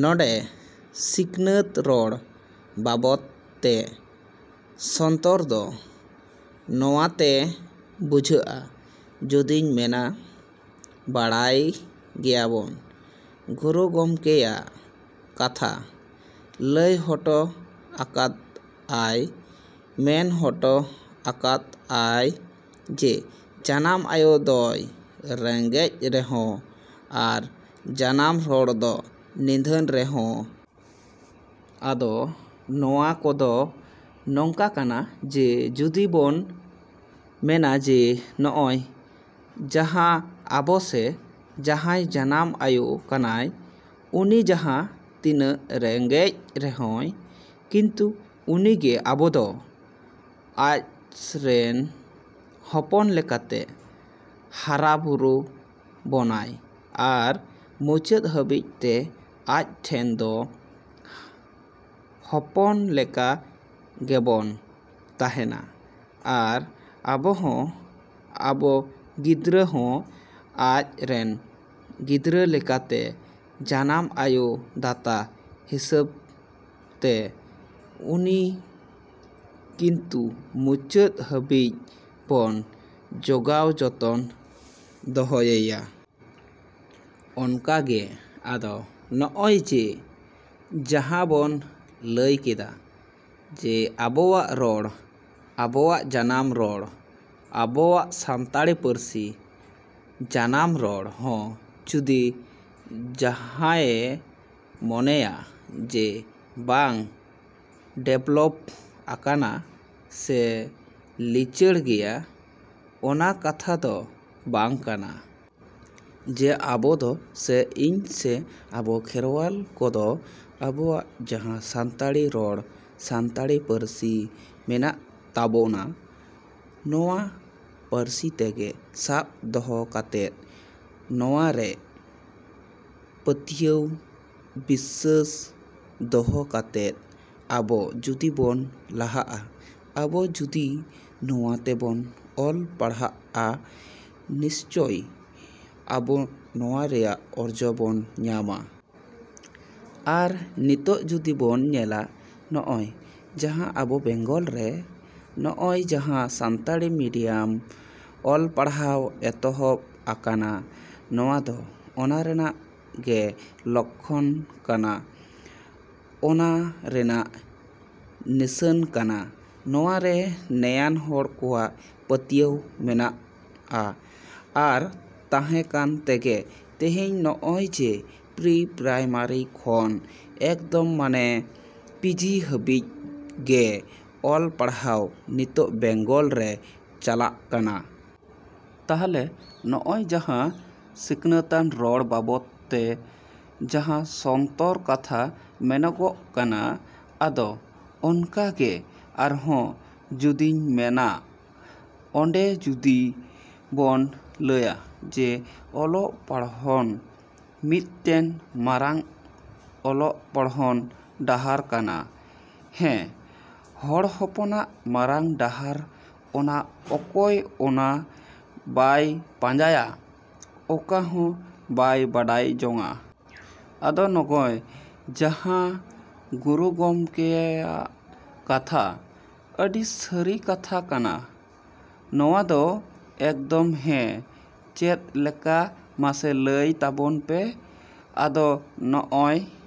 ᱱᱚᱸᱰᱮ ᱥᱤᱠᱷᱱᱟᱹᱛ ᱨᱚᱲ ᱵᱟᱵᱚᱫ ᱛᱮ ᱥᱚᱱᱛᱚᱨ ᱫᱚ ᱱᱚᱣᱟᱛᱮ ᱵᱩᱡᱷᱟᱹᱜᱼᱟ᱾ ᱡᱩᱫᱤᱧ ᱢᱮᱱᱟ, ᱵᱟᱲᱟᱭ ᱜᱮᱭᱟᱵᱚᱱ ᱜᱩᱨᱩ ᱜᱚᱢᱠᱮᱭᱟᱜ ᱠᱟᱛᱷᱟ ᱞᱟᱹᱭ ᱦᱚᱴᱚ ᱟᱠᱟᱫ ᱟᱭ, ᱢᱮᱱ ᱦᱚᱴᱚᱜ ᱟᱠᱟᱫ ᱟᱭ ᱡᱮ ᱡᱟᱱᱟᱢ ᱟᱭᱳ ᱫᱚᱭ ᱨᱮᱸᱜᱮᱡᱽ ᱨᱮᱦᱚᱸ ᱟᱨ ᱡᱟᱱᱟᱢ ᱨᱚᱲ ᱫᱚ ᱱᱤᱫᱷᱟᱹᱱ ᱨᱮᱦᱚᱸ᱾ ᱟᱫᱚ ᱱᱚᱣᱟ ᱠᱚᱫᱚ ᱱᱚᱝᱠᱟ ᱠᱟᱱᱟ ᱡᱮ ᱡᱩᱫᱤ ᱵᱚᱱ ᱢᱮᱱᱟ ᱡᱮ ᱱᱚᱜᱼᱚᱭ ᱡᱟᱦᱟᱸ ᱟᱵᱚ ᱥᱮ ᱡᱟᱦᱟᱸᱭ ᱡᱟᱱᱟᱢ ᱟᱹᱭᱩ ᱠᱟᱱᱟᱭ, ᱩᱱᱤ ᱡᱟᱦᱟᱸ ᱛᱤᱱᱟᱹᱜ ᱨᱮᱸᱜᱮᱡᱽ ᱨᱮᱦᱚᱸᱭ ᱠᱤᱱᱛᱩ ᱩᱱᱤᱜᱮ ᱟᱵᱚᱫᱚ ᱟᱪᱨᱮᱱ ᱦᱚᱯᱚᱱ ᱞᱮᱠᱟᱛᱮ ᱦᱟᱨᱟᱼᱵᱩᱨᱩ ᱵᱚᱱᱟᱭ ᱟᱨ ᱢᱩᱪᱟᱹᱫ ᱦᱟᱹᱵᱤᱡ ᱛᱮ ᱟᱡ ᱴᱷᱮᱱ ᱫᱚ ᱦᱚᱯᱚᱱ ᱞᱮᱠᱟ ᱜᱮᱵᱚᱱ ᱛᱟᱦᱮᱱᱟ ᱟᱨ ᱟᱵᱚᱦᱚᱸ ᱟᱵᱚ ᱜᱤᱫᱽᱨᱟᱹ ᱦᱚᱸ ᱟᱡ ᱨᱮᱱ ᱜᱤᱫᱽᱨᱟᱹ ᱞᱮᱠᱟᱛᱮ ᱡᱟᱱᱟᱢ ᱟᱹᱭᱩ ᱫᱟᱛᱟ ᱦᱤᱥᱟᱹᱵᱛᱮ ᱩᱱᱤ ᱠᱤᱱᱛᱩ ᱢᱩᱪᱟᱹᱫᱽ ᱫᱷᱟᱹᱵᱤᱡ ᱵᱚᱱ ᱡᱚᱜᱟᱣ ᱡᱚᱛᱚᱱ ᱫᱚᱦᱚᱭᱮᱭᱟ᱾ ᱚᱱᱠᱟᱜᱮ ᱟᱫᱚ ᱱᱚᱜᱼᱚᱭ ᱡᱮ ᱡᱟᱦᱟᱸ ᱵᱚᱱ ᱞᱟᱹᱭ ᱠᱮᱫᱟ ᱡᱮ ᱟᱵᱚᱣᱟᱜ ᱨᱚᱲ, ᱟᱵᱚᱣᱟᱜ ᱡᱟᱱᱟᱢ ᱨᱚᱲ, ᱟᱵᱚᱣᱟᱜ ᱥᱟᱱᱛᱟᱲᱤ ᱯᱟᱹᱨᱥᱤ ᱡᱟᱱᱟᱢ ᱨᱚᱲ ᱦᱚᱸ ᱡᱩᱫᱤ ᱡᱟᱦᱟᱸᱭᱮ ᱢᱚᱱᱮᱭᱟ ᱡᱮ ᱵᱟᱝ ᱰᱮᱵᱷᱞᱚᱯ ᱟᱠᱟᱱᱟ ᱥᱮ ᱞᱤᱪᱟᱹᱲ ᱜᱮᱭᱟ, ᱚᱱᱟ ᱠᱟᱛᱷᱟ ᱫᱚ ᱵᱟᱝ ᱠᱟᱱᱟ᱾ ᱡᱮ ᱟᱵᱚ ᱫᱚ ᱥᱮ ᱤᱧ ᱥᱮ ᱟᱵᱚ ᱠᱷᱮᱨᱣᱟᱞ ᱠᱚᱫᱚ ᱟᱵᱚᱣᱟᱜ ᱡᱟᱦᱟᱸ ᱥᱟᱱᱛᱟᱲᱤ ᱨᱚᱲ, ᱥᱟᱱᱛᱟᱲᱤ ᱯᱟᱹᱨᱥᱤ ᱢᱮᱱᱟᱜ ᱛᱟᱵᱳᱱᱟ, ᱱᱚᱣᱟ ᱯᱟᱹᱨᱥᱤᱜᱮ ᱥᱟᱵ ᱫᱚᱦᱚ ᱠᱟᱛᱮᱫ, ᱱᱚᱣᱟᱨᱮ ᱯᱟᱹᱛᱭᱟᱹᱣ ᱵᱤᱥᱥᱟᱹᱥ ᱫᱚᱦᱚ ᱠᱟᱛᱮᱫ ᱟᱵᱚ ᱡᱩᱫᱤ ᱵᱚᱱ ᱞᱟᱦᱟᱜᱼᱟ, ᱟᱵᱚ ᱡᱩᱫᱤ ᱱᱚᱣᱟ ᱛᱮᱵᱚᱱ ᱚᱞ ᱯᱟᱲᱦᱟᱜᱼᱟ, ᱱᱤᱥᱪᱳᱭ ᱟᱵᱚ ᱱᱚᱣᱟ ᱨᱮᱭᱟᱜ ᱚᱨᱡᱚ ᱵᱚᱱ ᱧᱟᱢᱟ᱾ ᱟᱨ ᱱᱤᱛᱚᱜ ᱡᱩᱫᱤ ᱵᱚᱱ ᱧᱮᱞᱟ, ᱱᱚᱜᱼᱚᱭ ᱡᱟᱦᱟᱸ ᱟᱵᱚ ᱵᱮᱝᱜᱚᱞ ᱨᱮ ᱱᱚᱜᱼᱚᱭ ᱡᱟᱦᱟᱸ ᱥᱟᱱᱛᱟᱲᱤ ᱢᱤᱰᱤᱭᱟᱢ ᱚᱞᱯᱟᱲᱦᱟᱣ ᱮᱛᱦᱚᱵ ᱟᱠᱟᱱᱟ, ᱱᱚᱣᱟᱫᱚ ᱚᱱᱟ ᱨᱮᱱᱟᱜ ᱜᱮ ᱞᱚᱠᱠᱷᱚᱱ ᱠᱟᱱᱟ, ᱚᱱᱟ ᱨᱮᱱᱟᱜ ᱱᱤᱥᱟᱹᱱ ᱠᱟᱱᱟ᱾ ᱱᱚᱣᱟᱨᱮ ᱱᱮᱭᱟᱱ ᱦᱚᱲ ᱠᱚᱣᱟᱜ ᱯᱟᱹᱛᱭᱟᱹᱣ ᱢᱮᱱᱟᱜ ᱟ ᱟᱨ ᱛᱟᱦᱮᱸ ᱠᱟᱱ ᱛᱮᱜᱮ ᱛᱮᱦᱤᱧ ᱱᱚᱜᱼᱚᱭ ᱡᱮ ᱯᱨᱤ ᱯᱨᱟᱭᱢᱟᱨᱤ ᱠᱷᱚᱱ ᱮᱠᱫᱚᱢ ᱢᱟᱱᱮ ᱯᱤᱡᱤ ᱦᱟᱹᱵᱤᱡ ᱜᱮ ᱚᱞ ᱯᱟᱲᱦᱟᱣ ᱱᱤᱛᱚᱜ ᱵᱮᱝᱜᱚᱞ ᱨᱮ ᱪᱟᱞᱟᱜ ᱠᱟᱱᱟ᱾ ᱛᱟᱦᱞᱮ ᱱᱚᱜᱼᱚᱭ ᱡᱟᱦᱟᱸ ᱥᱤᱠᱷᱱᱟᱹᱛᱟᱱ ᱨᱚᱲ ᱵᱟᱵᱚᱫ ᱛᱮ ᱡᱟᱦᱟᱸ ᱥᱚᱱᱛᱚᱨ ᱠᱟᱛᱷᱟ ᱢᱮᱱᱚᱜᱚᱜ ᱠᱟᱱᱟ᱾ ᱟᱫᱚ ᱚᱱᱠᱟᱜᱮ ᱟᱨᱦᱚᱸ ᱡᱩᱫᱤᱧ ᱢᱮᱱᱟᱜ, ᱚᱸᱰᱮ ᱡᱩᱫᱤ ᱵᱚᱱ ᱞᱟᱹᱭᱟ ᱡᱮ ᱚᱞᱚᱜ ᱯᱚᱲᱦᱚᱱ ᱢᱤᱫᱴᱮᱱ ᱢᱟᱨᱟᱝ ᱚᱞᱚᱜ ᱯᱚᱲᱦᱚᱱ ᱰᱟᱦᱟᱨ ᱠᱟᱱᱟ, ᱦᱮᱸ ᱦᱚᱲ ᱦᱚᱯᱚᱱᱟᱜ ᱢᱟᱨᱟᱝ ᱰᱟᱦᱟᱨ ᱚᱱᱟ ᱚᱠᱚᱭ ᱚᱱᱟ ᱵᱟᱭ ᱯᱟᱸᱡᱟᱭᱟ, ᱚᱠᱟ ᱦᱚᱸ ᱵᱟᱭ ᱵᱟᱰᱟᱭ ᱡᱚᱝᱟ᱾ ᱟᱫᱚ ᱱᱚᱜᱚᱭ ᱡᱟᱦᱟᱸ ᱜᱩᱨᱩ ᱜᱚᱢᱠᱮᱭᱟᱜ ᱠᱟᱛᱷᱟ ᱟᱹᱰᱤ ᱥᱟᱹᱨᱤ ᱠᱟᱛᱷᱟ ᱠᱟᱱᱟ ᱱᱚᱣᱟᱫᱚ ᱮᱠᱫᱚᱢ ᱦᱮᱸ ᱪᱮᱫ ᱞᱮᱠᱟ ᱢᱟᱥᱮ ᱞᱟᱹᱭ ᱛᱟᱵᱚᱱ ᱯᱮ᱾ ᱟᱫᱚ ᱱᱚᱜᱼᱚᱭ᱾